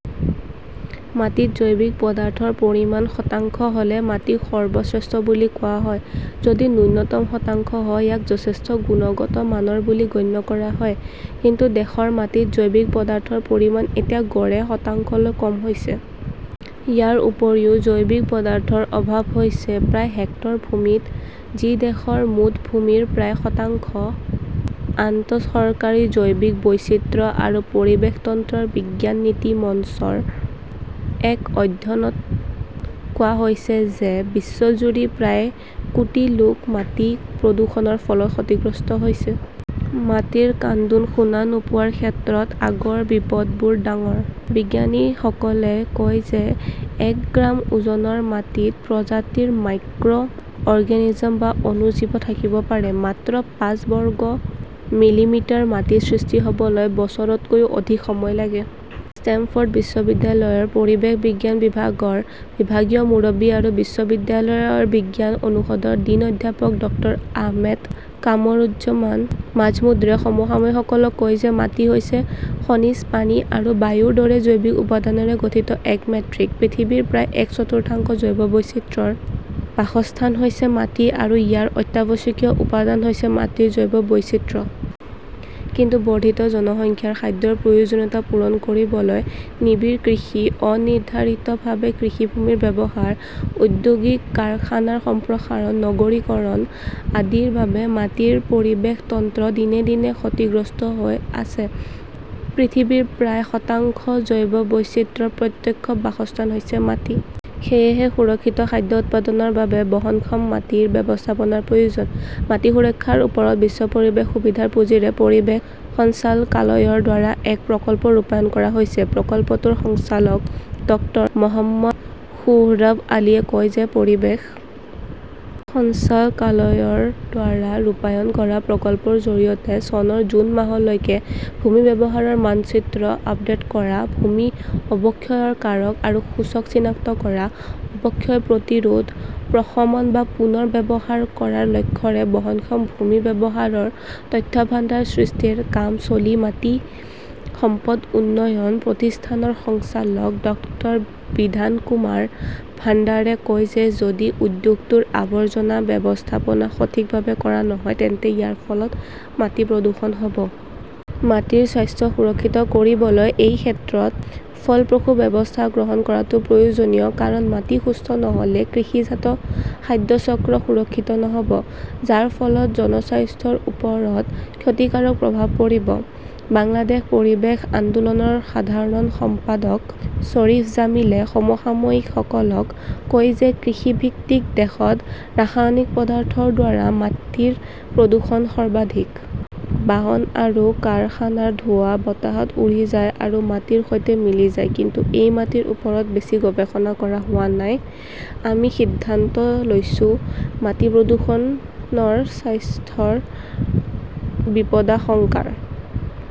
মাটিত জৈৱিক পদাৰ্থৰ পৰিমাণ শতাংশ হ’লে মাটি সৰ্বশ্ৰেষ্ঠ বুলি কোৱা হয়। যদি ন্যূনতম শতাংশ হয়, ইয়াক যথেষ্ট গুণগত মানৰ বুলি গণ্য কৰা হয়। কিন্তু দেশৰ মাটিত জৈৱিক পদাৰ্থৰ পৰিমাণ এতিয়া গড়ে শতাংশতকৈ কম হৈছে। ইয়াৰ উপৰিও, জৈৱিক পদাৰ্থৰ অভাৱ হৈছে প্ৰায় হেক্টৰ ভূমিত, যি দেশৰ মুঠ ভূমিৰ প্ৰায় শতাংশ। আন্তঃসৰকাৰী জৈৱ বৈচিত্ৰ্য আৰু পৰিৱেশ তন্ত্ৰৰ বিজ্ঞান-নীতি মঞ্চৰ এক অধ্যয়নত কোৱা হৈছে যে বিশ্বজুৰি প্ৰায় কোটি লোক মাটি প্ৰদূষণৰ ফলত ক্ষতিগ্ৰস্ত হৈছে। মাটিৰ কান্দোন শুনা নোপোৱাৰ ক্ষেত্ৰত আগৰ বিপদবোৰ ডাঙৰঃ বিজ্ঞানীসকলে কয় যে এক গ্ৰাম ওজনৰ মাটিত প্ৰজাতিৰ মাইক্ৰ অৰ্গেনিজম বা অণুজীৱ থাকিব পাৰে। মাত্ৰ পাঁচ বৰ্গ মিলিমিটাৰ মাটি সৃষ্টি হ’বলৈ বছৰতকৈও অধিক সময় লাগে। ষ্টেমফৰ্ড বিশ্ববিদ্যালয়ৰ পৰিৱেশ বিজ্ঞান বিভাগৰ বিভাগীয় মুৰব্বী আৰু বিশ্ববিদ্যালয়ৰ বিজ্ঞান অনুষদৰ ডিন অধ্যাপক ডক্টৰ আহমেদ কামৰুজ্জমান মাজমুদ্ৰে সমসাময়িকসকলক কয় যে মাটি হৈছে খনিজ, পানী আৰু বায়ুৰ দৰে জৈৱিক উপাদানৰে গঠিত এক মেট্ৰিক। পৃথিৱীৰ প্ৰায় এক চতুৰ্থাংশ জৈৱ বৈচিত্ৰ্যৰ বাসস্থান হৈছে মাটি আৰু ইয়াৰ অত্যাৱশ্যকীয় উপাদান হৈছে মাটিৰ জৈৱ বৈচিত্ৰ্য। কিন্তু বৰ্ধিত জনসংখ্যাৰ খাদ্যৰ প্ৰয়োজনীয়তা পূৰণ কৰিবলৈ নিবিড় কৃষি, অনিৰ্ধাৰিতভাৱে কৃষিভূমিৰ ব্যৱহাৰ, ঔদ্যোগিক-কাৰখানাৰ সম্প্ৰসাৰণ, নগৰীকৰণ আদিৰ বাবে মাটিৰ পৰিৱেশ তন্ত্ৰ দিনে দিনে ক্ষতিগ্ৰস্ত হৈ আছে। পৃথিৱীৰ প্ৰায় শতাংশ জৈৱ বৈচিত্ৰ্যৰ প্ৰত্যক্ষ বাসস্থান হৈছে মাটি। সেয়েহে সুৰক্ষিত খাদ্য উৎপাদনৰ বাবে বহনক্ষম মাটি ব্যৱস্থাপনাৰ প্ৰয়োজন। মাটি সুৰক্ষাৰ ওপৰত বিশ্ব পৰিৱেশ সুবিধাৰ পুঁজিৰে পৰিৱেশ সঞ্চালকালয়ৰ দ্বাৰা এক প্ৰকল্প ৰূপায়ণ কৰা হৈছে। প্ৰকল্পটোৰ সঞ্চালক ডক্টৰ মহম্মদ সোহৰাব আলীয়ে কয় যে পৰিৱেশ সঞ্চালকালয়ৰ দ্বাৰা ৰূপায়ণ কৰা প্ৰকল্পৰ জৰিয়তে চনৰ জুন মাহলৈকে ভূমি ব্যৱহাৰৰ মানচিত্ৰ আপডেট কৰা, ভূমি অৱক্ষয়ৰ কাৰক আৰু সূচক চিনাক্ত কৰা, অৱক্ষয় প্ৰতিৰোধ, প্ৰশমন বা পুনৰ ব্যৱহাৰ কৰাৰ লক্ষ্যৰে বহনক্ষম ভূমি ব্যৱহাৰৰ তথ্যভাণ্ডাৰ সৃষ্টিৰ কাম চলি মাটি সম্পদ উন্নয়ন প্ৰতিষ্ঠানৰ সঞ্চালক ডাঃ বিধান কুমাৰ ভাণ্ডাৰে কয় যে যদি উদ্যোগটোৰ আৱৰ্জনা ব্যৱস্থাপনা সঠিকভাৱে কৰা নহয় তেন্তে ইয়াৰ ফলত মাটি প্ৰদূষণ হ’ব। মাটিৰ স্বাস্থ্য সুৰক্ষিত কৰিবলৈ এই ক্ষেত্ৰত ফলপ্ৰসূ ব্যৱস্থা গ্ৰহণ কৰাটো প্ৰয়োজনীয়। কাৰণ মাটি সুস্থ নহ’লে কৃষিজাত খাদ্য চক্ৰ সুৰক্ষিত নহ’ব, যাৰ ফলত জনস্বাস্থ্যৰ ওপৰত ক্ষতিকাৰক প্ৰভাৱ পৰিব পাৰে। বাংলাদেশ পৰিৱেশ আন্দোলনৰ সাধাৰণ সম্পাদক শ্বৰীফ জামিলে সমসাময়িকসকলক কয় যে কৃষিভিত্তিক দেশত ৰাসায়নিক পদাৰ্থৰ দ্বাৰা মাটিৰ প্ৰদূষণ সৰ্বাধিক। বাহন আৰু কাৰখানাৰ ধোঁৱা বতাহত উৰি যায় আৰু মাটিৰ সৈতে মিলি যায়। কিন্তু এই মাটিৰ ওপৰত বেছি গৱেষণা কৰা হোৱা নাই। আমি সিদ্ধান্ত লৈছো, মাটি প্ৰদূষণৰ স্বাস্থ্যৰ বিপদাশংকাৰ